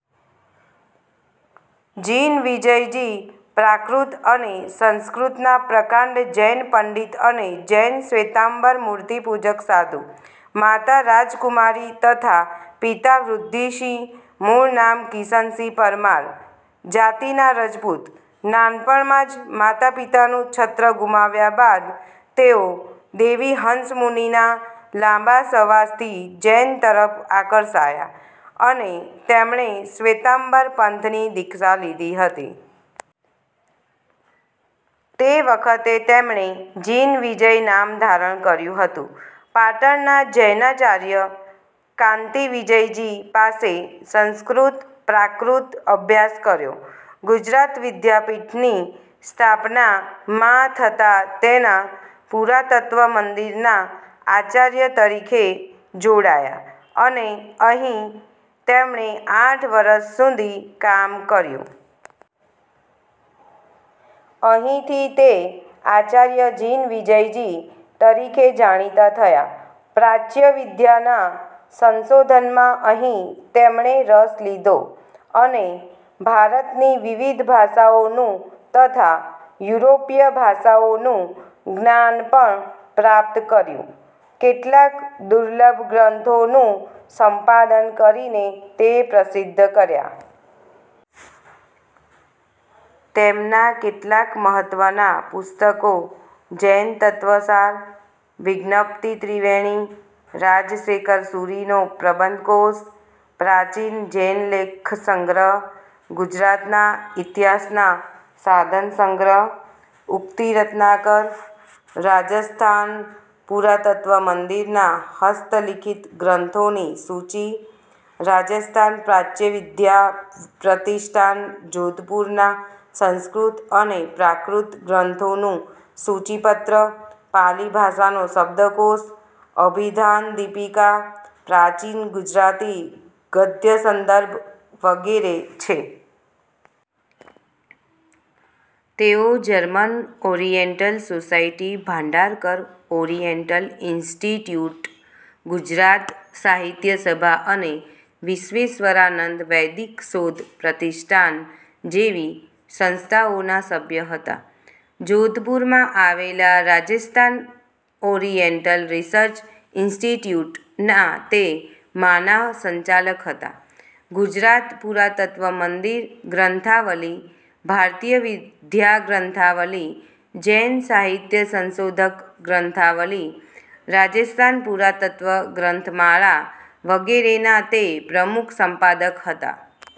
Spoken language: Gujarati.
જિનવિજયજી: પ્રાકૃત અને સંસ્કૃતના પ્રકાંડ જૈન પંડિત અને જૈન શ્વેતાંબર મૂર્તિપૂજક સાધુ. માતા રાજકુમારી તથા પિતા વૃદ્ધિસિંહ. મૂળ નામ કિશનસિંહ. પરમાર જાતિના રજપૂત. નાનપણમાં જ માતાપિતાનું છત્ર ગુમાવ્યા બાદ તેઓ દેવીહંસ મુનિના લાંબા સવાસથી જૈન તરફ આકર્ષાયા અને તેમણે શ્વેતાંબર પંથની દીક્ષા લીધી હતી. તે વખતે તેમણે જિનવિજય નામ ધારણ કર્યું હતું. પાટણના જૈનાચાર્ય કાન્તિવિજયજી પાસે સંસ્કૃત-પ્રાકૃત અભ્યાસ કર્યો. ગૂજરાત વિદ્યાપીઠની સ્થાપના માં થતાં તેના પુરાતત્ત્વ મંદિરના આચાર્ય તરીકે જોડાયા અને અહીં તેમણે આઠ વરસ સુધી કામ કર્યું. અહીંથી તે આચાર્ય જિનવિજયજી તરીકે જાણીતા થયા. પ્રાચ્ય વિદ્યાના સંશોધનમાં અહીં તેમણે રસ લીધો અને ભારતની વિવિધ ભાષાઓનું તથા યુરોપીય ભાષાઓનું જ્ઞાન પણ પ્રાપ્ત કર્યું. કેટલાક દુર્લભ ગ્રંથોનું સંપાદન કરીને તે પ્રસિદ્ધ કર્યા. તેમનાં કેટલાંક મહત્ત્વનાં પુસ્તકો: જૈનતત્ત્વસાર, વિજ્ઞપ્તિત્રિવેણી, રાજશેખરસૂરિનો પ્રબંધકોશ, પ્રાચીન જૈન લેખસંગ્રહ, ગુજરાતના ઇતિહાસના સાધનસંગ્રહ, ઉક્તિ રત્નાકર, રાજસ્થાન પુરાતત્ત્વમંદિરના હસ્તલિખિત ગ્રંથોની સૂચિ, રાજસ્થાન પ્રાચ્યવિદ્યા પ્રતિષ્ઠાન, જોધપુરના સંસ્કૃત અને પ્રાકૃત ગ્રંથોનું સૂચિપત્ર, પાલિ ભાષાનો શબ્દકોશ 'અભિધાનદીપિકા', પ્રાચીન ગુજરાતી ગદ્યસંદર્ભ વગેરે છે. તેઓ German Oriental Society, Bhandarkar Oriental Institute, Gujarat Sahitya Sabha અને વિશ્વેશ્વરાનંદ વૈદિક શોધ પ્રતિષ્ઠાન જેવી સંસ્થાઓના સભ્ય હતા. જોધપુરમાં આવેલા રાજસ્થાન ઓરિયેન્ટલ રિસર્ચ ઇન્સ્ટિટ્યૂટના તે માનાર્હ સંચાલક હતા. ગુજરાત પુરાતત્ત્વ મંદિર ગ્રંથાવલિ, ભારતીય વિદ્યા ગ્રંથાવલિ, જૈન સાહિત્ય સંશોધક ગ્રંથાવલિ, રાજસ્થાન પુરાતત્ત્વ ગ્રંથમાળા વગેરેના તે પ્રમુખ સંપાદક હતા.